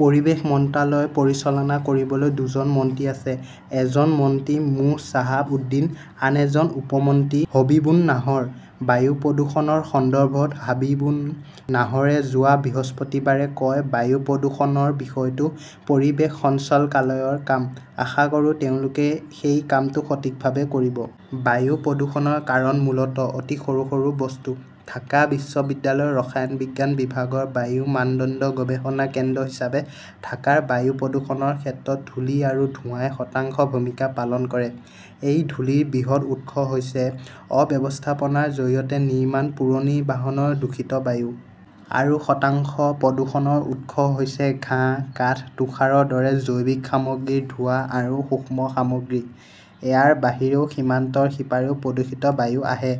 পৰিৱেশ মন্ত্ৰালয় পৰিচালনা কৰিবলৈ দুজন মন্ত্ৰী আছে। এজন মন্ত্ৰী মো. শ্বাহাব উদ্দিন, আন এজন উপ-মন্ত্ৰী হবীবুন নাহৰ। বায়ু প্ৰদূষণৰ সন্দৰ্ভত হাবিবুন নাহৰে যোৱা বৃহস্পতিবাৰে কয়, "বায়ু প্ৰদূষণৰ বিষয়টো পৰিৱেশ সঞ্চালকালয়ৰ কাম। আশা কৰোঁ তেওঁলোকে সেই কামটো সঠিকভাৱে কৰিব। 'বায়ু প্ৰদূষণৰ কাৰণ মূলতঃ অতি সৰু সৰু বস্তু। ঢাকা বিশ্ববিদ্যালয়ৰ ৰসায়ন বিজ্ঞান বিভাগৰ বায়ু মানদণ্ড গৱেষণা কেন্দ্ৰ হিচাপে ঢাকাৰ বায়ু প্ৰদূষণৰ ক্ষেত্ৰত ধূলি আৰু ধোঁৱাই শতাংশ ভূমিকা পালন কৰে। এই ধূলিৰ বৃহৎ উৎস হৈছে অব্যৱস্থাপনাৰ জৰিয়তে নিৰ্মাণ, পুৰণি বাহনৰ দূষিত বায়ু। আৰু শতাংশ প্ৰদূষণৰ উৎস হৈছে ঘাঁহ, কাঠ, তুষাৰৰ দৰে জৈৱিক সামগ্ৰীৰ ধোঁৱা আৰু সূক্ষ্ম সামগ্ৰী। ইয়াৰ বাহিৰেও সীমান্তৰ সিপাৰেও প্ৰদূষিত বায়ু আহে।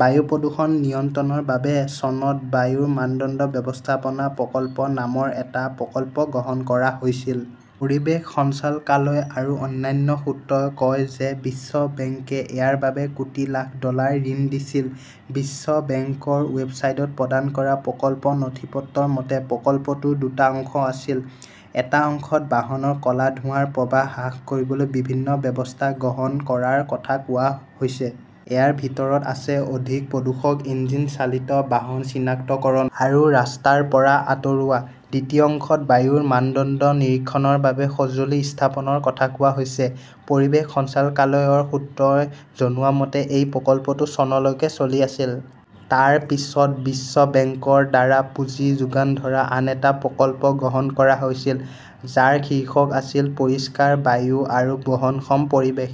বায়ু প্ৰদূষণ নিয়ন্ত্ৰণৰ বাবে চনত বায়ুৰ মানদণ্ড ব্যৱস্থাপনা প্ৰকল্প নামৰ এটা প্ৰকল্প গ্ৰহণ কৰা হৈছিল। পৰিৱেশ সঞ্চালকালয় আৰু অন্যান্য সূত্ৰই কয় যে বিশ্ব বেংকে ইয়াৰ বাবে কোটি লাখ ডলাৰ ঋণ দিছিল। বিশ্ব বেংকৰ ৱেবছাইটত প্ৰদান কৰা প্ৰকল্প নথিপত্ৰৰ মতে, প্ৰকল্পটোৰ দুটা অংশ আছিল। এটা অংশত বাহনৰ ক 'লা ধোঁৱাৰ প্ৰবাহ হ্ৰাস কৰিবলৈ বিভিন্ন ব্যৱস্থা গ্ৰহণ কৰাৰ কথা কোৱা হৈছে। ইয়াৰ ভিতৰত আছে অধিক প্ৰদূষক ইঞ্জিন চালিত বাহন চিনাক্তকৰণ আৰু ৰাস্তাৰ পৰা আঁতৰোৱা। দ্বিতীয় অংশত বায়ুৰ মানদণ্ড নিৰীক্ষণৰ বাবে সঁজুলি স্থাপনৰ কথা কোৱা হৈছে। পৰিৱেশ সঞ্চালকালয়ৰ সূত্ৰই জনোৱা মতে এই প্ৰকল্পটো চনলৈকে চলি আছিল। তাৰ পিছত বিশ্ব বেংকৰ দ্বাৰা পুঁজি যোগান ধৰা আন এটা প্ৰকল্প গ্ৰহণ কৰা হৈছিল, যাৰ শীৰ্ষক আছিল পৰিষ্কাৰ বায়ু আৰু বহনক্ষম পৰিৱেশ।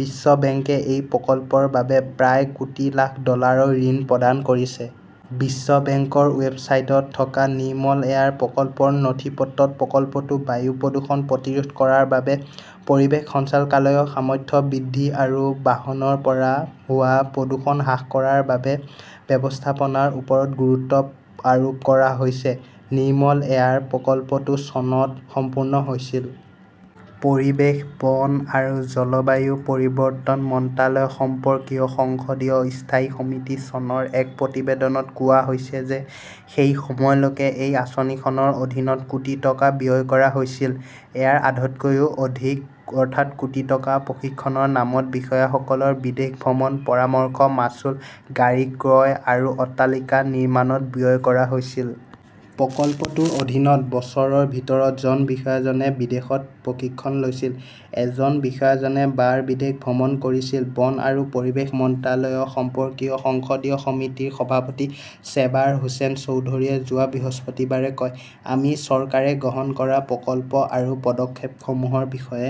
বিশ্ব বেংকে এই প্ৰকল্পৰ বাবে প্ৰায় কোটি লাখ ডলাৰৰ ঋণ প্ৰদান কৰিছে। বিশ্ব বেংকৰ ৱেবছাইটত থকা নিৰ্মল এয়াৰ প্ৰকল্পৰ নথিপত্ৰত প্ৰকল্পটোৰ বায়ু প্ৰদূষণ প্ৰতিৰোধ কৰাৰ বাবে পৰিৱেশ সঞ্চালকালয়ৰ সামৰ্থ্য বৃদ্ধি আৰু বাহনৰ পৰা হোৱা প্ৰদূষণ হ্ৰাস কৰাৰ বাবে ব্যৱস্থাপনাৰ ওপৰত গুৰুত্ব আৰোপ কৰা হৈছে। নিৰ্মল এয়াৰ প্ৰকল্পটো চনত সম্পূৰ্ণ হৈছিল। পৰিৱেশ, বন আৰু জলবায়ু পৰিৱৰ্তন মন্ত্ৰালয় সম্পৰ্কীয় সংসদীয় স্থায়ী সমিতিৰ চনৰ এক প্ৰতিবেদনত কোৱা হৈছে যে সেই সময়লৈকে এই আঁচনিখনৰ অধীনত কোটি টকা ব্যয় কৰা হৈছিল। ইয়াৰ আধাতকৈও অধিক, অৰ্থাৎ কোটি টকা, প্ৰশিক্ষণৰ নামত বিষয়াসকলৰ বিদেশ ভ্ৰমণ, পৰামৰ্শ মাচুল, গাড়ী ক্ৰয় আৰু অট্টালিকা নিৰ্মাণত ব্যয় কৰা হৈছিল। প্ৰকল্পটোৰ অধীনত বছৰৰ ভিতৰত জন বিষয়াজনে বিদেশত প্ৰশিক্ষণ লৈছিল। এজন বিষয়াজনে বাৰ বিদেশ ভ্ৰমণ কৰিছিল। বন আৰু পৰিৱেশ মন্ত্ৰালয় সম্পৰ্কীয় সংসদীয় সমিতিৰ সভাপতি চেবাৰ হোসেন চৌধুৰীয়ে যোৱা বৃহস্পতিবাৰে কয়, "আমি চৰকাৰে গ্ৰহণ কৰা প্ৰকল্প আৰু পদক্ষেপসমূহৰ বিষয়ে